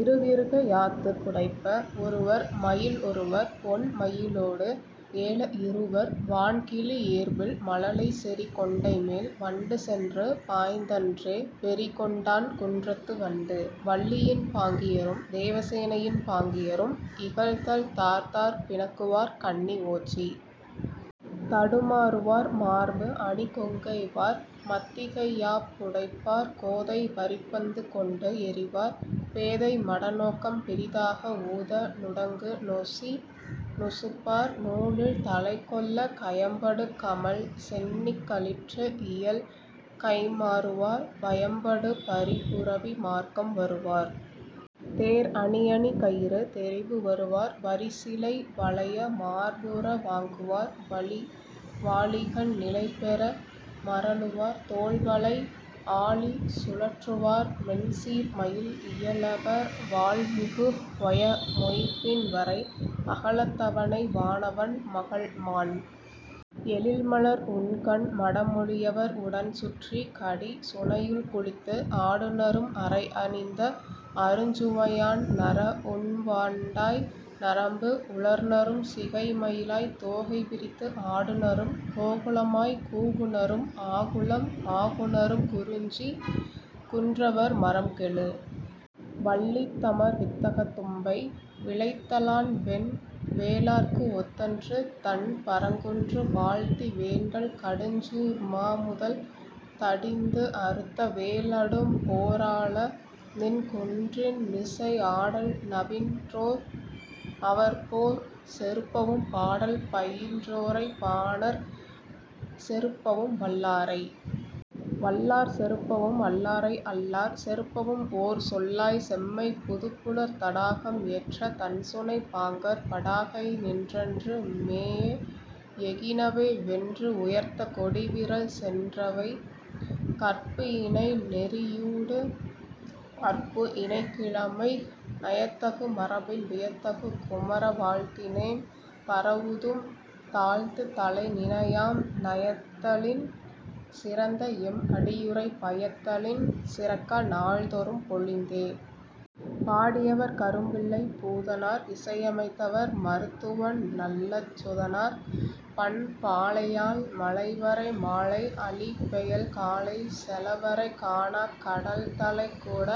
இறுகிறுக யாத்துப் புடைப்ப ஒருவர் மயில் ஒருவர் ஒண் மயிலோடு ஏல இருவர் வான் கிளி ஏற்பில் மழலை செறி கொண்டைமேல் வண்டு சென்று பாய்ந்தன்றே வெறி கொண்டான் குன்றத்து வண்டு. வள்ளியின் பாங்கியரும் தேவசேனையின் பாங்கியரும் இகழ்தல் தார் தார் பிணக்குவார் கண்ணி ஓச்சித் தடுமாறுவார் மார்பு அணி கொங்கை வார் மத்திகையாப் புடைப்பார் கோதை வரிப் பந்து கொண்டு எறிவார் பேதை மட நோக்கம் பிறிதாக ஊத நுடங்கு நொசி நுசுப்பார் நூழில் தலைக்கொள்ள கயம்படு கமழ் சென்னிக் களிற்று இயல் கைம்மாறுவார் வயம்படு பரிப் புரவி மார்க்கம் வருவார் தேர் அணி அணி கயிறு தெரிபு வருவார் வரி சிலை வளைய மார்பு உற வாங்குவார் வாளி வாளிகள் நிலைபெற மறலுவார் தோள் வளை ஆழி சுழற்றுவார் மென் சீர் மயில் இயலவர் வாள் மிகு வய மொய்ம்பின் வரை அகலத்தவனை வானவன் மகள் மாண் எழில் மலர் உண்கண் மட மொழியவர் உடன் சுற்றி கடி சுனையுள் குளித்து ஆடுநரும் அறை அணிந்த அருஞ் சுனையான் நற உண் வண்டாய் நரம்பு உளர்நரும் சிகை மயிலாய்த் தோகை விரித்து ஆடுநரும் கோகுலமாய்க் கூவுநரும் ஆகுலம் ஆகுநரும் குறிஞ்சிக் குன்றவர் மறம் கெழு வள்ளி தமர் வித்தகத் தும்பை விளைத்தலான் வென் வேலாற்கு ஒத்தன்று தண் பரங்குன்று வாழ்த்தி வேண்டல் கடுஞ் சூர் மா முதல் தடிந்து அறுத்த வேல் அடும் போராள நின் குன்றின்மிசை ஆடல் நவின்றோர் அவர் போர் செறுப்பவும் பாடல் பயின்றோரைப் பாணர் செறுப்பவும் வல்லாரை வல்லார் செறுப்பவும் அல்லாரை அல்லார் செறுப்பவும் ஓர் சொல்லாய் செம்மைப் புதுப் புனற் தடாகம் ஏற்ற தண் சுனைப் பாங்கர் படாகை நின்றன்று மேஎ எகினவை வென்று உயர்த்த கொடி விறல் சான்றவை கற்பு இணை நெறியூடு அற்பு இணைக் கிழமை நயத் தகு மரபின் வியத் தகு குமர வாழ்த்தினேம் பரவுதும் தாழ்த்துத் தலை நினை யாம் நயத்தலின் சிறந்த எம் அடியுறை பயத்தலின் சிறக்க நாள்தொறும் பொலிந்தே. பாடியவர் கரும்பிள்ளைப் பூதனார் இசையமைத்தவர் மருத்துவன் நல்லச்சுதனார் பண் பாலையாழ் மலைவரை மாலை அழி பெயல் காலை செல வரை காணாக் கடல்தலைக் கூட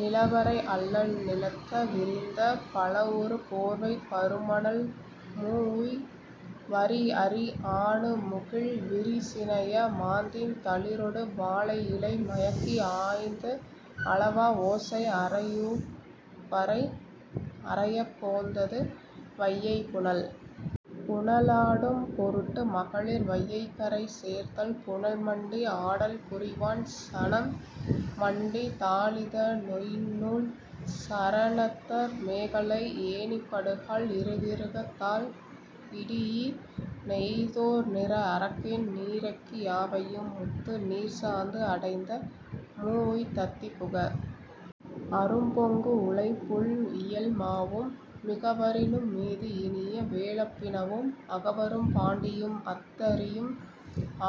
நில வரை அல்லல் நிழத்த, விரிந்த பலவுறு போர்வைப் பரு மணல் மூஉய், வரி அரி ஆணு முகிழ் விரி சினைய மாந் தீம் தளிரொடு வாழையிலை மயக்கி ஆய்ந்து அளவா ஓசை அறையூஉப் பறை அறையப் போந்தது வையைப் புனல். புனலாடும் பொருட்டு மகளிர் வையைக் கரை சேர்தல் புனல் மண்டி ஆடல் புரிவான் சனம் மண்டி தாளித நொய்ந் நூல் சரணத்தர் மேகலை ஏணிப்படுகால் இறுகிறுகத் தாள் இடீஇ நெய்த்தோர் நிற அரக்கின் நீரெக்கி யாவையும் முத்து நீர்ச் சாந்து அடைந்த மூஉய்த் தத்தி புக அரும் பொங்குஉளைப் புள் இயல் மாவும் மிக வரினும் மீது இனிய வேழப் பிணவும் அகவரும் பாண்டியும், அத்திரியும்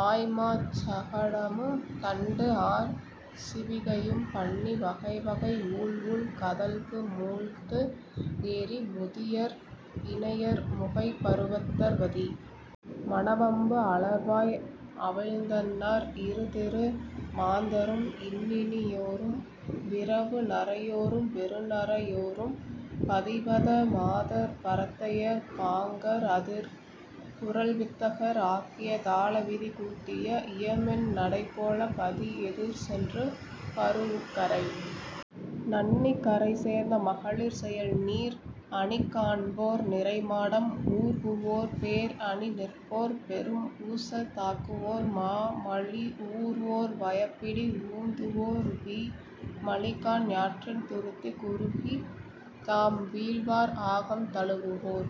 ஆய் மாச் சகடமும் தண்டு ஆர் சிவிகையும் பண்ணி வகை வகை ஊழ் ஊழ் கதழ்பு மூழ்த்து ஏறி முதியர் இளையர் முகைப் பருவத்தர் வதி மண வம்பு அலர் வாய் அவிழ்ந்தன்னார் இரு திரு மாந்தரும் இன்னினியோரும் விரவு நரையோரும் வெறு நரையோரும் பதிவத மாதர் பரத்தையர் பாங்கர் அதிர் குரல் வித்தகர் ஆக்கிய தாள விதி கூட்டிய இய மென் நடை போல பதி எதிர் சென்று பரூஉக் கரை நண்ணி கரை சேர்ந்த மகளிர் செயல் நீர் அணி காண்போர் நிரை மாடம் ஊர்குவோர் பேர் அணி நிற்போர் பெரும் பூசல் தாக்குவோர் மா மலி ஊர்வோர் வயப் பிடி உந்துவோர் வீ மலி கான் யாற்றின் துருத்தி குறுகி தாம் வீழ்வார் ஆகம் தழுவுவோர்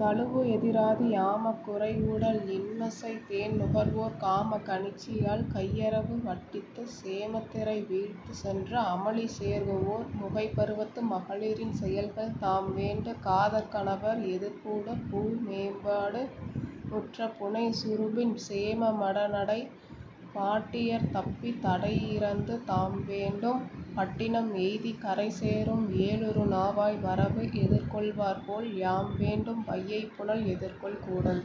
தழுவு எதிராது யாமக் குறை ஊடல் இன் நசைத் தேன் நுகர்வோர் காமக் கணிச்சியால் கையறவு வட்டித்து சேமத் திரை வீழ்த்து சென்று அமளி சேர்குவோர் முகைப் பருவத்து மகளிரின் செயல்கள் தாம் வேண்டு காதற் கணவர் எதிர்ப்பட பூ மேம்பாடு உற்ற புனை சுரும்பின் சேம மட நடைப் பாட்டியர்த் தப்பி தடை இறந்து தாம் வேண்டும் பட்டினம் எய்திக் கரை சேரும் ஏழுறு நாவாய் வரவு எதிர்கொள்வார்போல் யாம் வேண்டும் வையைப் புனல் எதிர்கொள் கூடல்.